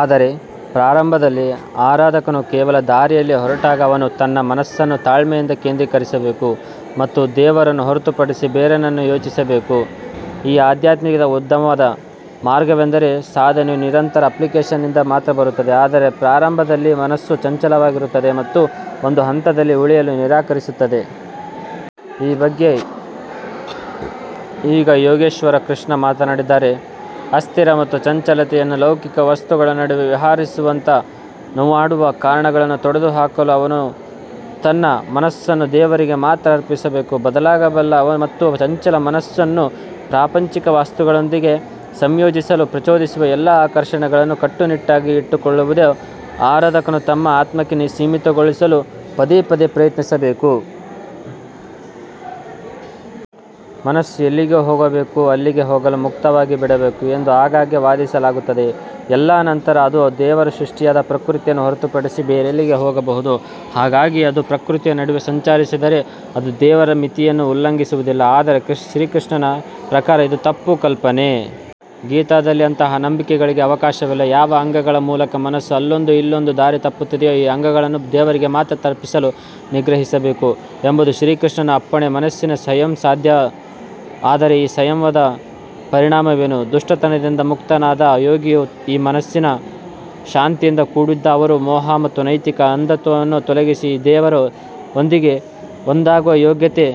ಆದರೆ ಪ್ರಾರಂಭದಲ್ಲಿ ಆರಾಧಕನು ಕೇವಲ ದಾರಿಯಲ್ಲಿ ಹೊರಟಾಗ ಅವನು ತನ್ನ ಮನಸ್ಸನ್ನು ತಾಳ್ಮೆಯಿಂದ ಕೇಂದ್ರೀಕರಿಸಬೇಕು ಮತ್ತು ದೇವರನ್ನು ಹೊರತುಪಡಿಸಿ ಬೇರೇನನ್ನೂ ಯೋಚಿಸಬೇಕು. ಈ ಆಧ್ಯಾತ್ಮಿಕ ಉದ್ಯಮದ ಮಾರ್ಗವೆಂದರೆ ಸಾಧನೆಯು ನಿರಂತರ ಅಪ್ಲಿಕೇಶನ್ನಿಂದ ಮಾತ್ರ ಬರುತ್ತದೆ ಆದರೆ ಪ್ರಾರಂಭದಲ್ಲಿ ಮನಸ್ಸು ಚಂಚಲವಾಗಿರುತ್ತದೆ ಮತ್ತು ಒಂದು ಹಂತದಲ್ಲಿ ಉಳಿಯಲು ನಿರಾಕರಿಸುತ್ತದೆ. ಈ ಬಗ್ಗೆ ಈಗ ಯೋಗೇಶ್ವರ ಕೃಷ್ಣ ಮಾತನಾಡಿದ್ದಾರೆ. ಅಸ್ಥಿರ ಮತ್ತು ಚಂಚಲತೆಯನ್ನು ಲೌಕಿಕ ವಸ್ತುಗಳ ನಡುವೆ ವಿಹರಿಸುವಂತೆ ಮಾಡುವ ಕಾರಣಗಳನ್ನು ತೊಡೆದುಹಾಕಲು ಅವನು ತನ್ನ ಮನಸ್ಸನ್ನು ದೇವರಿಗೆ ಮಾತ್ರ ಅರ್ಪಿಸಬೇಕು. ಬದಲಾಗಬಲ್ಲ ಮತ್ತು ಚಂಚಲ ಮನಸ್ಸನ್ನು ಪ್ರಾಪಂಚಿಕ ವಸ್ತುಗಳೊಂದಿಗೆ ಸಂಯೋಜಿಸಲು ಪ್ರಚೋದಿಸುವ ಎಲ್ಲಾ ಆಕರ್ಷಣೆಗಳನ್ನು ಕಟ್ಟುನಿಟ್ಟಾಗಿ ಇಟ್ಟುಕೊಳ್ಳುವುದು ಆರಾಧಕನು ಅದನ್ನು ಆತ್ಮಕ್ಕೆ ಸೀಮಿತಗೊಳಿಸಲು ಪದೇ ಪದೇ ಪ್ರಯತ್ನಿಸಬೇಕು. ಮನಸ್ಸು ಎಲ್ಲಿಗೆ ಹೋಗಬೇಕೋ ಅಲ್ಲಿಗೆ ಹೋಗಲು ಮುಕ್ತವಾಗಿ ಬಿಡಬೇಕು ಎಂದು ಆಗಾಗ್ಗೆ ವಾದಿಸಲಾಗುತ್ತದೆ. ಎಲ್ಲಾ ನಂತರ ಅದು ದೇವರ ಸೃಷ್ಟಿಯಾದ ಪ್ರಕೃತಿಯನ್ನು ಹೊರತುಪಡಿಸಿ ಬೇರೆಲ್ಲಿಗೆ ಹೋಗಬಹುದು. ಹಾಗಾಗಿ ಅದು ಪ್ರಕೃತಿಯ ನಡುವೆ ಸಂಚರಿಸಿದರೆ ಅದು ದೇವರ ಮಿತಿಯನ್ನು ಉಲ್ಲಂಘಿಸುವುದಿಲ್ಲ. ಆದರೆ ಶ್ರೀಕೃಷ್ಣನ ಪ್ರಕಾರ ಇದು ತಪ್ಪು ಕಲ್ಪನೆ. ಗೀತಾದಲ್ಲಿ ಅಂತಹ ನಂಬಿಕೆಗಳಿಗೆ ಅವಕಾಶವಿಲ್ಲ. ಯಾವ ಅಂಗಗಳ ಮೂಲಕ ಮನಸ್ಸು ಅಲ್ಲೊಂದು ಇಲ್ಲೊಂದು ದಾರಿ ತಪ್ಪುತ್ತಿದೆಯೋ ಆ ಅಂಗಗಳನ್ನು ದೇವರಿಗೆ ಮಾತ್ರ ಅರ್ಪಿಸಲು ನಿಗ್ರಹಿಸಬೇಕು ಎಂಬುದು ಶ್ರೀಕೃಷ್ಣನ ಅಪ್ಪಣೆ. ಮನಸ್ಸಿನ ಸಂಯಮ ಸಾಧ್ಯ ಆದರೆ ಈ ಸಂಯಮದ ಪರಿಣಾಮವೇನು. ದುಷ್ಟತನದಿಂದ ಮುಕ್ತನಾದ ಯೋಗಿಯ ಮನಸ್ಸು ಶಾಂತಿಯಿಂದ ಕೂಡಿದ್ದು ಅವರ ಮೋಹ ಮತ್ತು ನೈತಿಕ ಅಂಧತ್ವವನ್ನು ತೊಲಗಿಸಿ ಮತ್ತು ದೇವರೊಂದಿಗೆ ಒಂದಾಗುವ ಯೋಗವು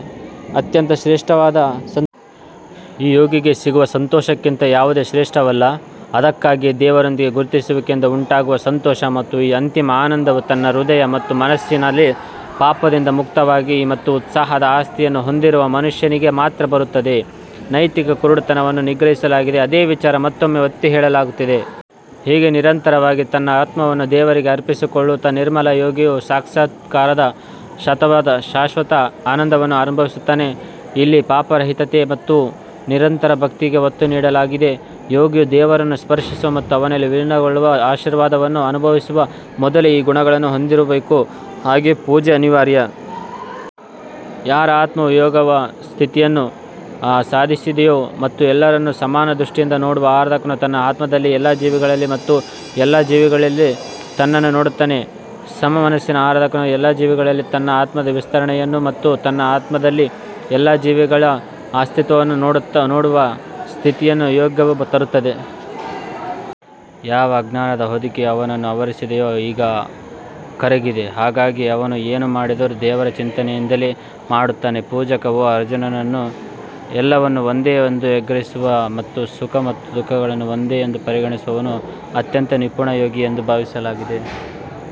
ಅತ್ಯಂತ ಶ್ರೇಷ್ಠವಾದ ಸಂ ಈ ಯೋಗಿಗೆ ಸಿಗುವ ಸಂತೋಷಕ್ಕಿಂತ ಯಾವುದೂ ಶ್ರೇಷ್ಠವಲ್ಲ. ಅದಕ್ಕಾಗಿಯೇ ದೇವರೊಂದಿಗೆ ಗುರುತಿಸುವಿಕೆಯಿಂದ ಉಂಟಾಗುವ ಸಂತೋಷ ಮತ್ತು ಈ ಅಂತಿಮ ಆನಂದವು ತನ್ನ ಹೃದಯ ಮತ್ತು ಮನಸ್ಸಿನಲ್ಲಿ ಪಾಪದಿಂದ ಮುಕ್ತವಾಗಿ ಮತ್ತು ಉತ್ಸಾಹದ ಆಸ್ತಿಯನ್ನು ಹೊಂದಿರುವ ಮನುಷ್ಯನಿಗೆ ಮಾತ್ರ ಬರುತ್ತದೆ. ನೈತಿಕ ಕುರುಡುತನವನ್ನು ನಿಗ್ರಹಿಸಲಾಗಿದೆ. ಅದೇ ವಿಚಾರ ಮತ್ತೊಮ್ಮೆ ಒತ್ತಿ ಹೇಳಲಾಗುತ್ತಿದೆ. ಹೀಗೆ ನಿರಂತರವಾಗಿ ತನ್ನ ಆತ್ಮವನ್ನು ದೇವರಿಗೆ ಅರ್ಪಿಸಿಕೊಳ್ಳುತ್ತಾ ನಿರ್ಮಲ ಯೋಗಿಯು ಸಾಕ್ಷಾತ್ಕಾರದ ಶಾಶ್ವತ ಆನಂದವನ್ನು ಅನುಭವಿಸುತ್ತಾನೆ. ಇಲ್ಲಿ ಪಾಪರಹಿತತೆ ಮತ್ತು ನಿರಂತರ ಭಕ್ತಿಗೆ ಒತ್ತು ನೀಡಲಾಗಿದೆ. ಯೋಗಿಯು ದೇವರನ್ನು ಸ್ಪರ್ಶಿಸುವ ಮತ್ತು ಅವನಲ್ಲಿ ವಿಲೀನಗೊಳ್ಳುವ ಆಶೀರ್ವಾದವನ್ನು ಅನುಭವಿಸುವ ಮೊದಲು ಈ ಗುಣಗಳನ್ನು ಹೊಂದಿರಬೇಕು. ಹಾಗಾಗಿ ಪೂಜೆ ಅನಿವಾರ್ಯ. ಯಾರ ಆತ್ಮವು ಯೋಗ ಸ್ಥಿತಿಯನ್ನು ಸಾಧಿಸಿದೆಯೋ ಮತ್ತು ಎಲ್ಲರನ್ನು ಸಮಾನ ದೃಷ್ಟಿಯಿಂದ ನೋಡುವ ಆರಾಧಕನು ತನ್ನ ಆತ್ಮದಲ್ಲಿ ಎಲ್ಲಾ ಜೀವಿಗಳಲ್ಲಿ ಮತ್ತು ಎಲ್ಲಾ ಜೀವಿಗಳಲ್ಲಿ ತನ್ನನ್ನು ನೋಡುತ್ತಾನೆ. ಸಮ ಮನಸ್ಸಿನ ಆರಾಧಕನು ಎಲ್ಲಾ ಜೀವಿಗಳಲ್ಲಿ ತನ್ನ ಆತ್ಮದ ವಿಸ್ತರಣೆಯನ್ನು ಮತ್ತು ತನ್ನ ಆತ್ಮದಲ್ಲಿ ಎಲ್ಲಾ ಜೀವಿಗಳ ಅಸ್ತಿತ್ವವನ್ನು ನೋಡುವ ಸ್ಥಿತಿಯನ್ನು ಯೋಗವು ತರುತ್ತದೆ. ಯಾವ ಅಜ್ಞಾನದ ಹೊದಿಕೆಯು ಅವನನ್ನು ಆವರಿಸಿದೆಯೋ ಅದು ಈಗ ಕರಗಿದೆ. ಹಾಗಾಗಿ ಅವನು ಏನು ಮಾಡಿದರೂ ದೇವರ ಚಿಂತನೆಯಿಂದಲೇ ಮಾಡುತ್ತಾನೆ. ಪೂಜಕ ಓ ಅರ್ಜುನನು ಎಲ್ಲವನ್ನು ಒಂದೇ ಎಂದು ಗ್ರಹಿಸುವ ಮತ್ತು ಸುಖ ಮತ್ತು ದುಃಖಗಳನ್ನು ಒಂದೇ ಎಂದು ಪರಿಗಣಿಸುವವನು ಅತ್ಯಂತ ನಿಪುಣ ಯೋಗಿ ಎಂದು ಭಾವಿಸಲಾಗಿದೆ.